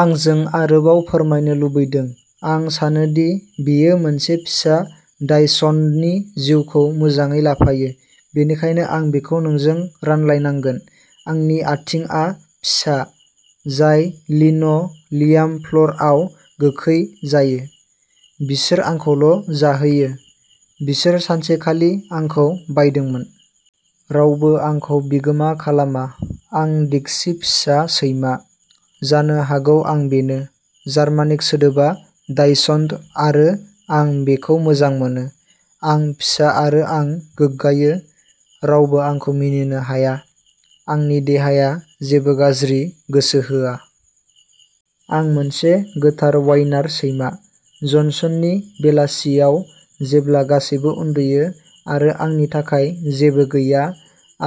आंजों आरोबाव फोरमायनो लुबैदों। आं सानो दि बेयो मोनसे फिसा डाचशन्डनि जिउखौ मोजाङै लाफायो। बेनिखायनो आं बेखौ नोंजों रानलायनांगोन। आंनि आथिंआ फिसा, जाय लिन' लियाम फ्ल'रआव गोखै जायो। बिसोर आंखौल' जाहैयो। बिसोर सानसे खालि आंखौ बायदोंमोन। रावबो आंखौ बिगोमा खालामा। आं डिक्सी फिसा सैमा। जानो हागौ आं बेनो। जार्मानिक सोदोबा डाचशन्ड आरो आं बेखौ मोजां मोनो। आं फिसा आरो आं गोग्गायो, रावबो आंखौ मिनिनो हाया। आंनि देहाया जेबो गाज्रि गोसो होआ। आं मोनसे गोथार वाइनार सैमा। जनसननि बेलासियाव जेब्ला गासैबो उन्दुयो। आरो आंनि थाखाय जेबो गैया।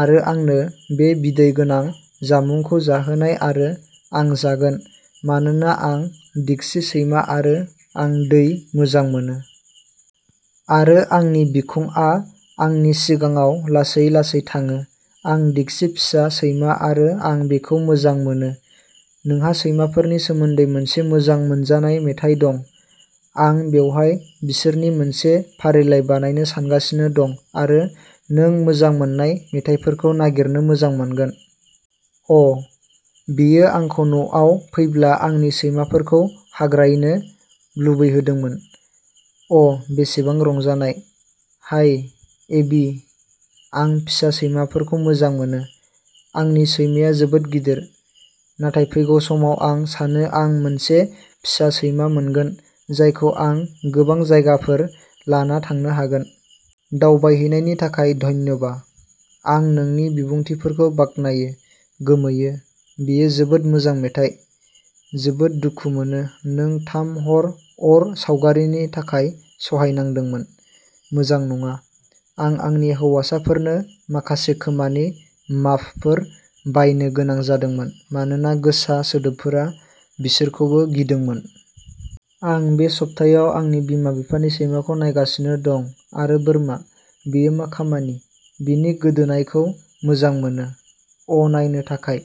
आरो आंनो बे बिदै गोनां जामुंखौ जाहोनाय आरो आं जागोन। मानोना आं डिक्सी सैमा आरो आं दै मोजां मोनो। आरो आंनि बिखुंआ आंनि सिगाङाव लासै-लासै थाङो। आं डिक्सी फिसा सैमा आरो आं बेखौ मोजां मोनो। नोंहा सैमाफोरनि सोमोन्दै मोनसे मोजां मोनजानाय मेथाइ दं? आं बेवहाय बिसोरनि मोनसे फारिलाइ बानायनो सानगासिनो दं आरो नों मोजां मोन्नाय मेथाइफोरखौ नागिरनो मोजां मोनगोन। अ, बेयो आंखौ नआव फैब्ला आंनि सैमाफोरखौ हाग्रायनो लुबैहोदोंमोन। अ बेसेबां रंजानाय! हाय एबि! आं फिसा सैमाफोरखौ मोजां मोनो। आंनि सैमाया जोबोद गिदिर! नाथाय फैगौ समाव आं सानो आं मोनसे फिसा सैमा मोनगोन जायखौ आं गोबां जायगाफोर लाना थांनो हागोन। दावबायहैनायनि थाखाय धन्यबा। आं नोंनि बिबुंथिफोरखौ बाख्नायो! गोमोयो। बेयो जोबोद मोजां मेथाइ! जोबोद दुखु मोनो नों थाम हर अर सावगारिनि थाखाय सहायनांदोंमोन, मोजां नङा। आं आंनि हौवासाफोरनो माखासे खोमानि माफफोर बायनो गोनां जादोंमोन मानोना गोसा सोदोबफोरा बिसोरखौबो गिदोंमोन। आं बे सप्तायाव आंनि बिमा-बिफानि सैमाखौ नायगासिनो दं आरो बोरमा, बेयो मा खामानि! बिनि गोदोनायखौ मोजां मोनो। अ नायनो थाखाय!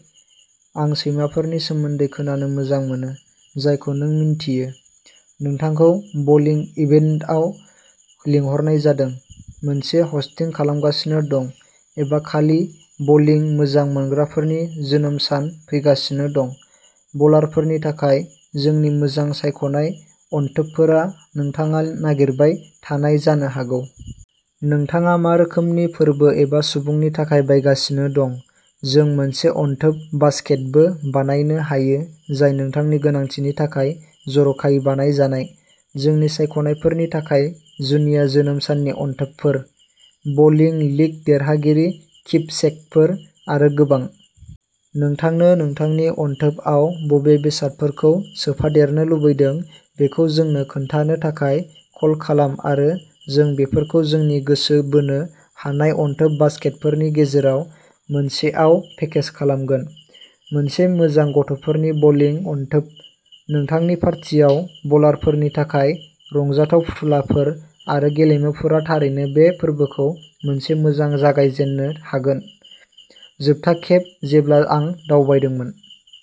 आं सैमाफोरनि सोमोन्दै खोनानो मोजां मोनो जायखौ नों मिन्थियो। नोंथांखौ बलिं इभेन्टआव लिंहरनाय जादों, मोनसे हस्टिं खालामगासिनो दं एबा खालि बलिं मोजां मोनग्राफोरनि जोनोम सान फैगासिनो दं, बलारफोरनि थाखाय जोंनि मोजां सायख'नाय अनथोबफोरा नोंथाङा नागिरबाय थानाय जानो हागौ। नोंथाङा मा रोखोमनि फोरबो एबा सुबुंनि थाखाय बायगासिनो दं, जों मोनसे अनथोब बास्केटबो बानायनो हायो जाय नोंथांनि गोनांथिनि थाखाय जर'खायै बानायजानाय, जोंनि सायख'नायफोरनि थाखाय जुनिया जोनोम साननि अनथोबफोर, बलिं लीग देरहागिरि किपसेकफोर आरो गोबां। नोंथांनो नोंथांनि अनथोबआव बबे बेसादफोरखौ सोफादेरनो लुबैदों बेखौ जोंनो खोन्थानो थाखाय कल खालाम आरो जों बेफोरखौ जोंनि गोसो बोनो हानाय अनथोब बास्केटफोरनि गेजेराव मोनसेआव पेकेज खालामगोन। मोनसे मोजां गथ'फोरनि बलिं अनथोब, नोंथांनि पार्टियाव बलारफोरनि थाखाय रंजाथाव फुथुलाफोर आरो गेलेमुफोरा थारैनो बे फोरबोखौ मोनसे मोजां जागायजेन्नो हागोन। जोबथा खेब जेब्ला आं दावबायदोंमोन।